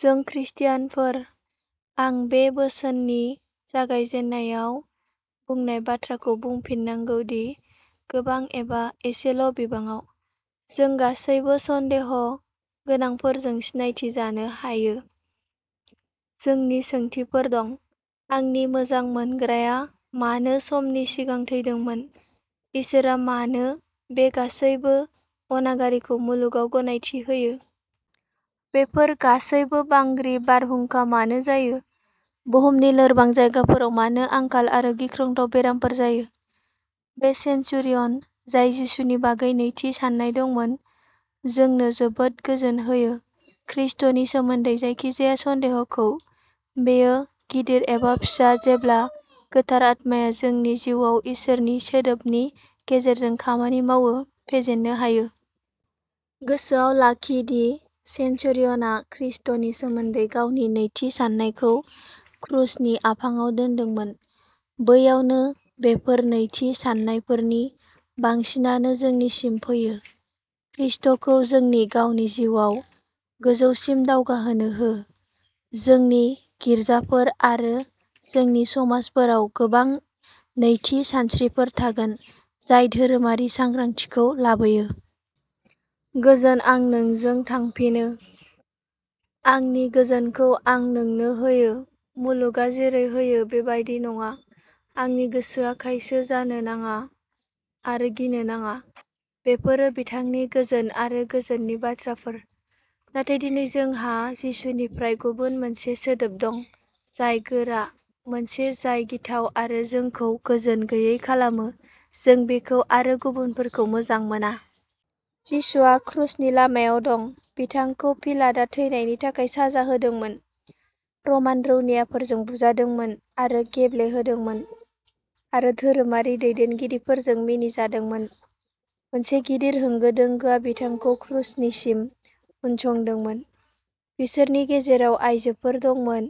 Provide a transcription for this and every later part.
जों ख्रिस्टियानफोर, आं बे बोसोननि जागायजेननायाव बुंनाय बाथ्राखौ बुंफिननांगौ दि, गोबां एबा एसेल'बिबाङाव, जों गासैबो सन्देह' गोनांफोरजों सिनायथि जानो हायो। जोंनि सोंथिफोर दं। आंनि मोजां मोनग्राया मानो समनि सिगां थैदोंमोन? इसोरआ मानो बे गासैबो अनागारिखौ मुलुगाव गनायथि होयो? बेफोर गासैबो बांग्रि, बारहुंखा मानो जायो? बुहुमनि लोरबां जायगाफोराव मानो आंखाल आरो गिख्रंथाव बेरामफोर जायो? बे सेनचुरियन, जाय जिसुनि बागै नैथि साननाय दंमोन, जोंनो जोबोद गोजोन होयो ख्रिस्ट’नि सोमोन्दै जायखिजाया सन्देह'खौ, बेयो गिदिर एबा फिसा जेब्ला गोथार आत्माया जोंनि जिउआव इसोरनि सोदोबनि गेजेरजों खामानि मावो, फेजेननो हायो। गोसोआव लाखि दि सेनचुरियनआ ख्रिस्टनि सोमोन्दै गावनि नैथि साननायखौ क्रुसनि आफाङाव मोनदोंमोन। बैयावनो बेफोर नैथि साननायफोरनि बांसिनानो जोंनिसिम फैयो। ख्रिस्ट’खौ जोंनि गावनि जिउआव, गोजौसिम दावगाहोनो हो। जोंनि गिरजाफोर आरो जोंनि समाजफोराव गोबां नैथि सानस्रिफोर थागोन जाय धोरोमारि सांग्रांथिखौ लाबोयो। "गोजोन आं नोंजों थांफिनो, आंनि गोजोनखौ आं नोंनो होयो। मुलुगआ जेरै होयो बेबादि नङा। नोंनि गोसोआ खायसो जानो नाङा आरो गिनो नाङा"। बेफोरो बिथांनि गोजोन आरो गोजोननि बाथ्राफोर। नाथाय दिनै जोंहा जिसुनिफ्राय गुबुन मोनसे सोदोब दं जाय गोरा, मोनसे जाय गिथाव आरो जोंखौ गोजोन गैयै खालामो जों बेखौ आरो गुबुनफोरखौ मोजां मोना। जिसुआ क्रुसनि लामायाव दं। बिथांखौ पिलाटआ थैनायनि थाखाय साजा होदोंमोन, रमान रौनियाफोरजों बुजादोंमोन आरो गेब्ले होदोंमोन, आरो धोरोमारि दैदेनगिरिफोरजों मिनिजादोंमोन। मोनसे गिदिर होंगो दोंगोआ बिथांखौ क्रुसनिसिम उनसंदोंमोन। बिसोरनि गेजेराव आयजोफोर दंमोन।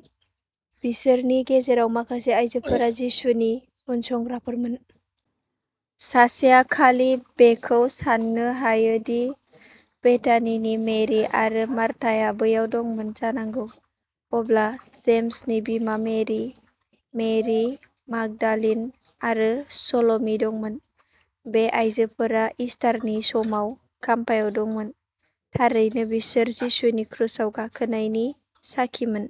बिसोरनि गेजेराव माखासे आयजोफोरा जिसुनि उनसंग्राफोरमोन। सासेआ खालि बेखौ साननो हायो दि बेथानिनि मेरि आरो मार्थाआ बैयाव दंमोन जानांगौ। अब्ला जेम्सनि बिमा मेरि, मेरि मागदालिन आरो साल'मि दंमोन। बे आइजोफोरा इस्टारनि समाव खाम्फायाव दंमोन। थारैनो बिसोर जिसुनि क्रुसाव गाखोनायनि साखिमोन।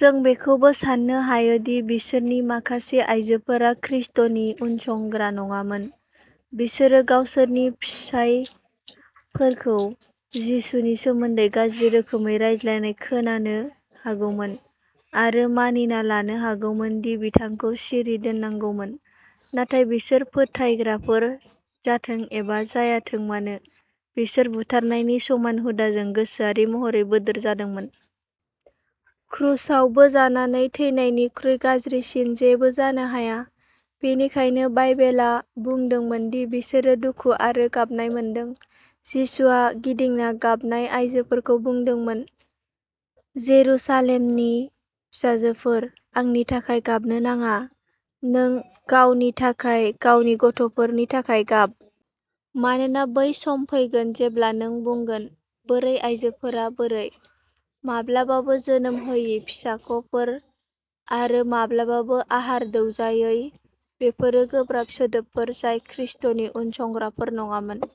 जों बेखौबो साननो हायो दि बिसोरनि माखासे आइजोफोरा ख्रिस्ट’नि उनसंग्रा नङामोन। बिसोरो गावसोरनि फिसायफोरखौ जिसुनि सोमोन्दै गाज्रि रोखोमै रायज्लायनाय खोनानो हागौमोन, आरो मानिना लानो हागौमोन दि बिथांखौ सिरि दोननांगौमोन। नाथाय बिसोर फोथायग्राफोर जाथों एबा जायाथों मानो, बिसोर बुथारनायनि समान हुदाजों गोसोआरि महरै बोदोर जादोंमोन। क्रुसाव बोजानानै थैनायनिख्रुइ गाज्रिसिन जेबो जानो हाया, बेनिखायनो बाइबेला बुंदोंमोन दि बिसोरो दुखु आरो गाबनाय मोनदों। जिसुआ गिदिंना गाबनाय आयजोफोरखौ बुंदोंमोन, "जेरुसालेमनि फिसाजोफोर, आंनि थाखाय गाबनो नाङा; नों गावनि थाखाय आरो गावनि गथ'फोरनि थाखाय गाब। मानोना बै सम फैगोन जेब्ला नों बुंगोन, बोरै आयजोफोरा बोरै, माब्लाबाबो जोनोम होयि फिसाख'फोर आरो माब्लाबाबो आहार दौजायै बेफोरो गोब्राब सोदोबफोर जाय ख्रिस्ट’नि उनसंग्राफोर नङामोन।